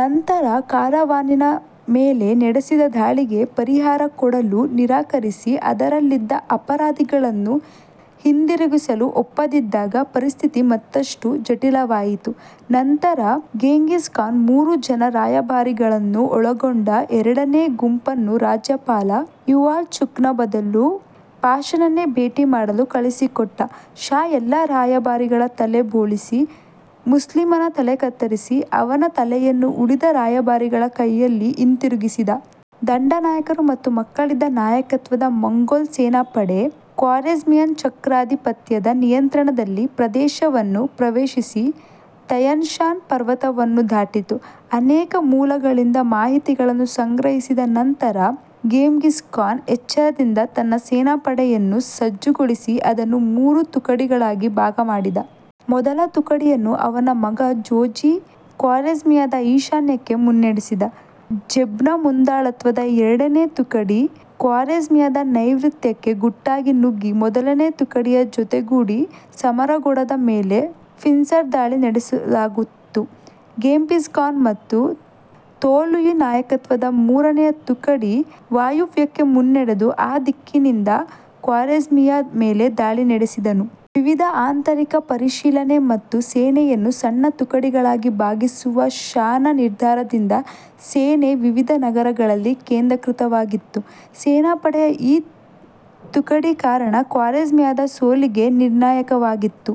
ನಂತರ ಕಾರವಾನಿನ ಮೇಲೆ ನಡೆಸಿದ ದಾಳಿಗೆ ಪರಿಹಾರ ಕೊಡಲು ನಿರಾಕರಿಸಿ ಅದರಲ್ಲಿದ್ದ ಅಪರಾಧಿಗಳನ್ನು ಹಿಂದಿರುಗಿಸಲು ಒಪ್ಪದಿದ್ದಾಗ ಪರಿಸ್ಥಿತಿ ಮತ್ತಷ್ಟು ಜಟಿಲವಾಯಿತು. ನಂತರ ಗೆಂಘಿಸ್ ಖಾನ್ ಮೂರು ಜನ ರಾಯಭಾರಿಗಳ ನ್ನು ಒಳಗೊಂಡ ಎರಡನೆ ಗುಂಪನ್ನು ರಾಜ್ಯಪಾಲ ಇವಾಲ್ಚುಕ್ನ ಬದಲು ಷಾನನ್ನೇ ಭೇಟಿ ಮಾಡಲು ಕಳುಹಿಸಿಕೊಟ್ಟ. ಷಾ ಎಲ್ಲ ರಾಯಭಾರಿಗಳ ತಲೆ ಬೋಳಿಸಿ, ಮುಸ್ಲಿಮನ ತಲೆ ಕತ್ತರಿಸಿ ಅವನ ತಲೆಯನ್ನು ಉಳಿದ ರಾಯಭಾರಿಗಳ ಕೈಯಲ್ಲಿ ಹಿಂತಿರುಗಿಸಿದ. ದಂಡ ನಾಯಕರು ಮತ್ತು ಮಕ್ಕಳಿದ್ದ ನಾಯಕತ್ವದ ಮಂಗೋಲ್ ಸೇನಾ ಪಡೆ ಖ್ವಾರೆಝ್ಮಿಯನ್ ಚಕ್ರಾಧಿಪತ್ಯದ ನಿಯಂತ್ರಣದಲ್ಲಿದ್ದ ಪ್ರದೇಶವನ್ನು ಪ್ರವೇಶಿಸಿ ತೈಯನ್ ಶಾನ್ ಪರ್ವತವನ್ನು ದಾಟಿತು. ಅನೇಕ ಮೂಲಗಳಿಂದ ಮಾಹಿತಿಗಳನ್ನು ಸಂಗ್ರಹಿಸಿದ ನಂತರ ಗೆಂಘಿಸ್ ಖಾನ್ ಎಚ್ಚರದಿಂದ ತನ್ನ ಸೇನಾಪಡೆಯನ್ನು ಸಜ್ಜುಗೊಳಿಸಿ ಅದನ್ನು ಮೂರು ತುಕಡಿಗಳಾಗಿ ಭಾಗ ಮಾಡಿದ. ಮೊದಲ ತುಕಡಿಯನ್ನು ಅವನ ಮಗ ಜೋಚಿ ಖ್ವಾರೆಝ್ಮಿಯಾದ ಈಶಾನ್ಯಕ್ಕೆ ಮುನ್ನಡೆಸಿದ. ಜೆಬ್ನ ಮುಂದಾಳತ್ವದ ಎರಡನೇ ತುಕಡಿ ಖ್ವಾರೆಝ್ಮಿಯಾ ದ ನೈರುತ್ಯಕ್ಕೆ ಗುಟ್ಟಾಗಿ ನುಗ್ಗಿ ಮೊದಲನೆ ತುಕಡಿಯ ಜೊತೆಗೂಡಿ ಸಮರಕಂಡದ ಮೇಲೆ ಪಿನ್ಸರ್ ದಾಳಿ ನಡೆಸುವುದಾಗಿತ್ತು. ಗೆಂಘಿಸ್ ಖಾನ್ ಮತ್ತು ತೊಲೂಯಿ ನಾಯಕತ್ವದ ಮೂರನೆಯ ತುಕಡಿ ವಾಯುವ್ಯಕ್ಕೆ ಮುನ್ನಡೆದು ಆ ದಿಕ್ಕಿನಿಂದ ಖ್ವಾರೆಝ್ಮಿಯಾ ಮೇಲೆ ದಾಳಿ ನಡೆಸಿದನು. ವಿವಿಧ ಆಂತರಿಕ ಪರಿಶೀಲನೆ ಮತ್ತು ಸೇನೆಯನ್ನು ಸಣ್ಣ ತುಕಡಿಗಳಾಗಿ ಭಾಗಿಸುವ ಷಾನ ನಿರ್ಧಾರದಿಂದ ಸೇನೆ ವಿವಿಧ ನಗರಗಳಲ್ಲಿ ಕೇಂದ್ರೀಕೃತವಾಗಿತ್ತು. ಸೇನಾಪಡೆಯ ಈ ತುಕಡೀಕರಣ ಖ್ವಾರೆಝ್ಮಿಯಾದ ಸೋಲಿಗೆ ನಿರ್ಣಾಯಕವಾಯಿತು.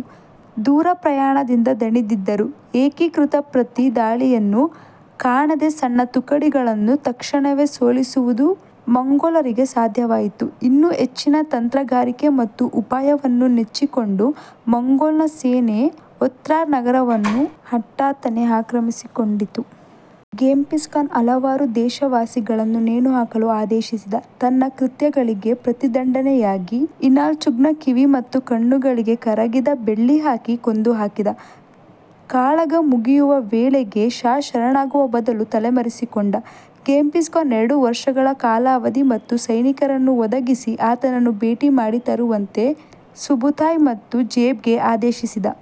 ದೂರಪ್ರಯಾಣದಿಂದ ದಣಿದಿದ್ದರೂ ಏಕೀಕೃತ ಪ್ರತಿ ದಾಳಿಯನ್ನೇ ಕಾಣದೇ ಸಣ್ಣ ತುಕಡಿಗಳಾನ್ನು ತಕ್ಷಣವೇ ಸೋಲಿಸುವುದು ಮಂಗೋಲರಿಗೆ ಸಾಧ್ಯವಾಯಿತು. ಇನ್ನೂ ಹೆಚ್ಚಿನ ತಂತ್ರಗಾರಿಕೆ ಮತ್ತು ಉಪಾಯವನ್ನು ನೆಚ್ಚಿಕೊಂಡ ಮಂಗೋಲ್ ಸೇನೆ ಒತ್ರಾರ್ ನಗರವನ್ನು ಹಠಾತ್ತನೆ ಆಕ್ರಮಿಸಿಕೊಂಡಿತು. ಗೆಂಘಿಸ್ ಖಾನ್ ಹಲವಾರು ದೇಶವಾಸಿಗಳಾನ್ನು ನೇಣುಹಾಕಲು ಆದೇಶಿಸಿದ, ತನ್ನ ಕೃತ್ಯಗಳಿಗೆ ಪ್ರತಿದಂಡನೆಯಾಗಿ ಇನಾಲ್ಚುಖ್ನ ಕಿವಿ ಮತ್ತು ಕಣ್ಣುಗಳಿಗೆ ಕರಗಿದ ಬೆಳ್ಳಿ ಹಾಕಿ ಕೊಂದು ಹಾಕಿದ. ಕಾಳಗ ಮುಗಿಯುವ ವೇಳೆಗೆ ಷಾ ಶರಣಾಗುವ ಬದಲು ತಲೆಮರೆಸಿಕೊಂಡ. ಗೆಂಘಿಸ್ ಖಾನ್ ಎರಡು ವರ್ಷಗಳ ಕಾಲಾವಧಿ ಮತ್ತು ಸೈನಿಕರನ್ನು ಒದಗಿಸಿ ಆತನನ್ನು ಭೇಟಿಮಾಡಿ ತರುವಂತೆ ಸುಬುತಾಯ್ ಮತ್ತು ಜೆಬ್ಗೆ ಆದೇಶಿಸಿದ.